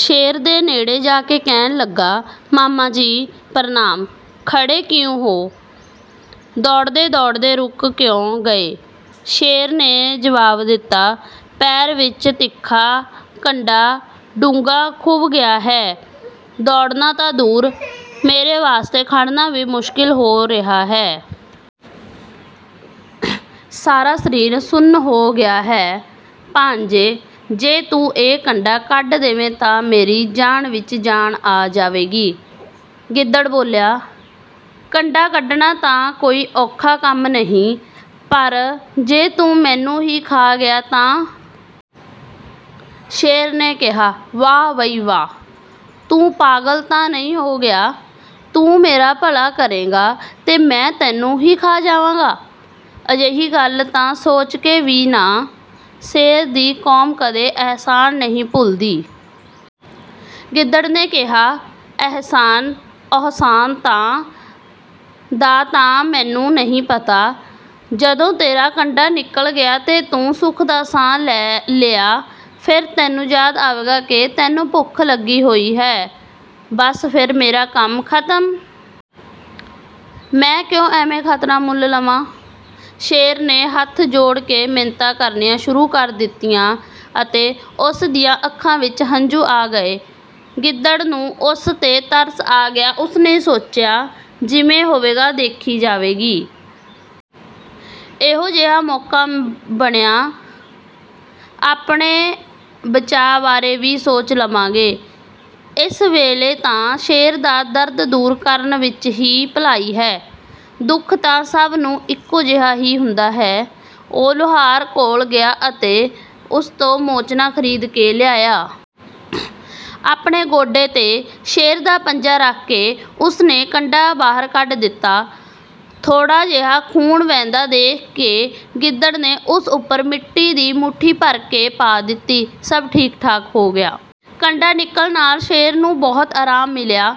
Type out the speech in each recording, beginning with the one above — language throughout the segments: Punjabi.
ਸ਼ੇਰ ਦੇ ਨੇੜੇ ਜਾ ਕੇ ਕਹਿਣ ਲੱਗਾ, "ਮਾਮਾ ਜੀ, ਪ੍ਰਣਾਮ! ਖੜ੍ਹੇ ਕਿਉਂ ਹੋ? ਦੌੜਦੇ-ਦੌੜਦੇ ਰੁਕ ਕਿਉਂ ਗਏ?" ਸ਼ੇਰ ਨੇ ਜਵਾਬ ਦਿੱਤਾ, "ਪੈਰ ਵਿੱਚ ਤਿੱਖਾ ਕੰਡਾ ਡੂੰਘਾ ਖੁੱਭ ਗਿਆ ਹੈ। ਦੌੜਨਾ ਤਾਂ ਦੂਰ, ਮੇਰੇ ਵਾਸਤੇ ਖੜ੍ਹਨਾ ਵੀ ਮੁਸ਼ਕਿਲ ਹੋ ਰਿਹਾ ਹੈ। ਸਾਰਾ ਸਰੀਰ ਸੁੰਨ ਹੋ ਗਿਆ ਹੈ। ਭਾਣਜੇ, ਜੇ ਤੂੰ ਇਹ ਕੰਡਾ ਕੱਢ ਦੇਵੇਂ ਤਾਂ ਮੇਰੀ ਜਾਨ ਵਿੱਚ ਜਾਨ ਆ ਜਾਵੇਗੀ।" ਗਿੱਦੜ ਬੋਲਿਆ, "ਕੰਡਾ ਕੱਢਣਾ ਤਾਂ ਕੋਈ ਔਖਾ ਕੰਮ ਨਹੀਂ, ਪਰ ਜੇ ਤੂੰ ਮੈਨੂੰ ਹੀ ਖਾ ਗਿਆ ਤਾਂ?" ਸ਼ੇਰ ਨੇ ਕਿਹਾ, "ਵਾਹ ਬਈ ਵਾਹ! ਤੂੰ ਪਾਗਲ ਤਾਂ ਨਹੀਂ ਹੋ ਗਿਆ? ਤੂੰ ਮੇਰਾ ਭਲਾ ਕਰੇਂਗਾ ਤੇ ਮੈਂ ਤੈਨੂੰ ਹੀ ਖਾ ਜਾਵਾਂਗਾ? ਅਜਿਹੀ ਗੱਲ ਤਾਂ ਸੋਚ ਵੀ ਨਾ। ਸ਼ੇਰਾਂ ਦੀ ਕੌਮ ਕਦੇ ਅਹਿਸਾਨ ਨਹੀਂ ਭੁੱਲਦੀ।" ਗਿੱਦੜ ਨੇ ਕਿਹਾ, "ਅਹਿਸਾਨ-ਉਹਸਾਨ ਦਾ ਤਾਂ ਮੈਨੂੰ ਨਹੀਂ ਪਤਾ। ਜਦੋਂ ਤੇਰਾ ਕੰਡਾ ਨਿਕਲ ਗਿਆ ਤੇ ਤੂੰ ਸੁੱਖ ਦਾ ਸਾਹ ਲਿਆ, ਫਿਰ ਤੈਨੂੰ ਯਾਦ ਆਵੇਗਾ ਕਿ ਤੈਨੂੰ ਭੁੱਖ ਲੱਗੀ ਹੋਈ ਹੈ। ਬੱਸ ਫਿਰ ਮੇਰਾ ਕੰਮ ਖ਼ਤਮ! ਮੈਂ ਕਿਉਂ ਐਵੇਂ ਖ਼ਤਰਾ ਮੁੱਲ ਲਵਾਂ?" ਸ਼ੇਰ ਨੇ ਹੱਥ ਜੋੜ ਕੇ ਮਿੰਨਤਾਂ ਕਰਨੀਆਂ ਸ਼ੁਰੂ ਕਰ ਦਿੱਤੀਆਂ ਅਤੇ ਉਸ ਦੀਆਂ ਅੱਖਾਂ ਵਿੱਚ ਹੰਝੂ ਆ ਗਏ। ਗਿੱਦੜ ਨੂੰ ਉਸ 'ਤੇ ਤਰਸ ਆ ਗਿਆ। ਉਸ ਨੇ ਸੋਚਿਆ, 'ਜਿਵੇਂ ਹੋਵੇਗਾ ਦੇਖੀ ਜਾਵੇਗੀ। ਜਿਹੋ ਜਿਹਾ ਮੌਕਾ ਬਣੇਗਾ, ਆਪਣੇ ਬਚਾਅ ਬਾਰੇ ਵੀ ਸੋਚ ਲਵਾਂਗੇ। ਇਸ ਵੇਲੇ ਤਾਂ ਸ਼ੇਰ ਦਾ ਦਰਦ ਦੂਰ ਕਰਨ ਵਿੱਚ ਹੀ ਭਲਾਈ ਹੈ, ਦੁੱਖ ਤਾਂ ਸਭ ਨੂੰ ਇੱਕੋ ਜਿਹਾ ਹੀ ਹੁੰਦਾ ਹੈ।' ਉਹ ਲੁਹਾਰ ਕੋਲ ਗਿਆ ਅਤੇ ਉਸ ਤੋਂ ਮੋਚਨਾ ਖ਼ਰੀਦ ਕੇ ਲਿਆਇਆ। ਆਪਣੇ ਗੋਡੇ 'ਤੇ ਸ਼ੇਰ ਦਾ ਪੰਜਾ ਰੱਖ ਕੇ ਉਸ ਨੇ ਕੰਡਾ ਬਾਹਰ ਕੱਢ ਦਿੱਤਾ। ਥੋੜ੍ਹਾ ਜਿਹਾ ਖ਼ੂਨ ਵਹਿੰਦਾ ਦੇਖ ਕੇ ਗਿੱਦੜ ਨੇ ਉਸ ਉੱਪਰ ਮਿੱਟੀ ਦੀ ਮੁੱਠੀ ਭਰ ਕੇ ਪਾ ਦਿੱਤੀ। ਸਭ ਠੀਕ-ਠਾਕ ਹੋ ਗਿਆ। ਕੰਡਾ ਨਿਕਲਣ ਨਾਲ ਸ਼ੇਰ ਨੂੰ ਬਹੁਤ ਆਰਾਮ ਮਿਲਿਆ।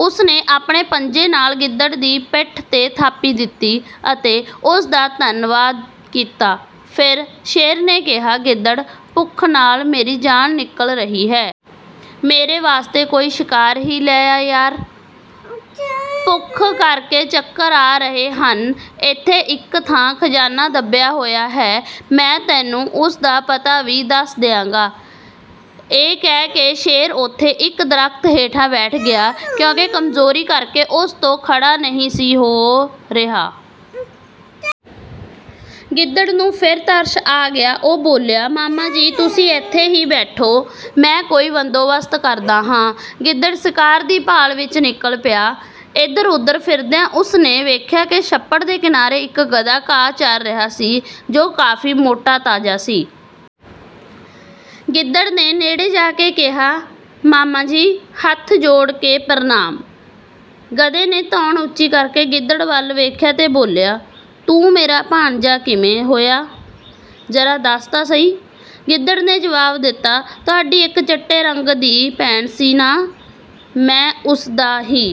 ਉਸ ਨੇ ਆਪਣੇ ਪੰਜੇ ਨਾਲ ਗਿੱਦੜ ਦੀ ਪਿੱਠ 'ਤੇ ਥਾਪੀ ਦਿੱਤੀ ਅਤੇ ਉਸ ਦਾ ਬਹੁਤ ਧੰਨਵਾਦ ਕੀਤਾ। ਫਿਰ ਸ਼ੇਰ ਨੇ ਕਿਹਾ, "ਗਿੱਦੜ, ਭੁੱਖ ਨਾਲ ਮੇਰੀ ਜਾਨ ਨਿਕਲ ਰਹੀ ਹੈ। ਮੇਰੇ ਵਾਸਤੇ ਕੋਈ ਸ਼ਿਕਾਰ ਹੀ ਲੈ ਆ ਯਾਰ, ਭੁੱਖ ਕਰਕੇ ਚੱਕਰ ਆ ਰਹੇ ਹਨ। ਇੱਥੇ ਇੱਕ ਥਾਂ ਖ਼ਜ਼ਾਨਾ ਦੱਬਿਆ ਹੋਇਆ ਹੈ, ਮੈਂ ਤੈਨੂੰ ਉਸ ਦਾ ਪਤਾ ਵੀ ਦੱਸ ਦਿਆਂਗਾ।" ਇਹ ਕਹਿ ਕੇ ਸ਼ੇਰ ਉੱਥੇ ਇੱਕ ਦਰੱਖਤ ਹੇਠਾਂ ਬੈਠ ਗਿਆ, ਕਿਉਂਕਿ ਕਮਜ਼ੋਰੀ ਕਰਕੇ ਉਸ ਤੋਂ ਖੜ੍ਹਿਆ ਨਹੀਂ ਸੀ ਹੋ ਰਿਹਾ। ਗਿੱਦੜ ਨੂੰ ਫਿਰ ਤਰਸ ਆ ਗਿਆ, ਉਹ ਬੋਲਿਆ, "ਮਾਮਾ ਜੀ, ਤੁਸੀਂ ਇੱਥੇ ਹੀ ਬੈਠੋ, ਮੈਂ ਕੋਈ ਬੰਦੋਬਸਤ ਕਰਦਾ ਹਾਂ।" ਗਿੱਦੜ ਸ਼ਿਕਾਰ ਦੀ ਭਾਲ ਵਿੱਚ ਨਿਕਲ ਪਿਆ। ਇੱਧਰ-ਉੱਧਰ ਫਿਰਦਿਆਂ ਉਸ ਨੇ ਵੇਖਿਆ ਕਿ ਛੱਪੜ ਦੇ ਕਿਨਾਰੇ ਇੱਕ ਗਧਾ ਘਾਹ ਚਰ ਰਿਹਾ ਸੀ, ਜੋ ਕਾਫ਼ੀ ਮੋਟਾ-ਤਾਜ਼ਾ ਸੀ। ਗਿੱਦੜ ਨੇ ਨੇੜੇ ਜਾ ਕੇ ਕਿਹਾ, "ਮਾਮਾ ਜੀ, ਹੱਥ ਜੋੜ ਕੇ ਪ੍ਰਣਾਮ।" ਗਧੇ ਨੇ ਧੌਣ ਉੱਚੀ ਕਰਕੇ ਗਿੱਦੜ ਵੱਲ ਵੇਖਿਆ ਅਤੇ ਬੋਲਿਆ, "ਤੂੰ ਮੇਰਾ ਭਾਣਜਾ ਕਿਵੇਂ ਹੋਇਆ? ਜਰਾ ਦੱਸ ਤਾਂ ਸਹੀ?" ਗਿੱਦੜ ਨੇ ਜਵਾਬ ਦਿੱਤਾ, "ਤੁਹਾਡੀ ਇੱਕ ਚਿੱਟੇ ਰੰਗ ਦੀ ਭੈਣ ਸੀ ਨਾ? ਮੈਂ ਉਸ ਦਾ ਹੀ..."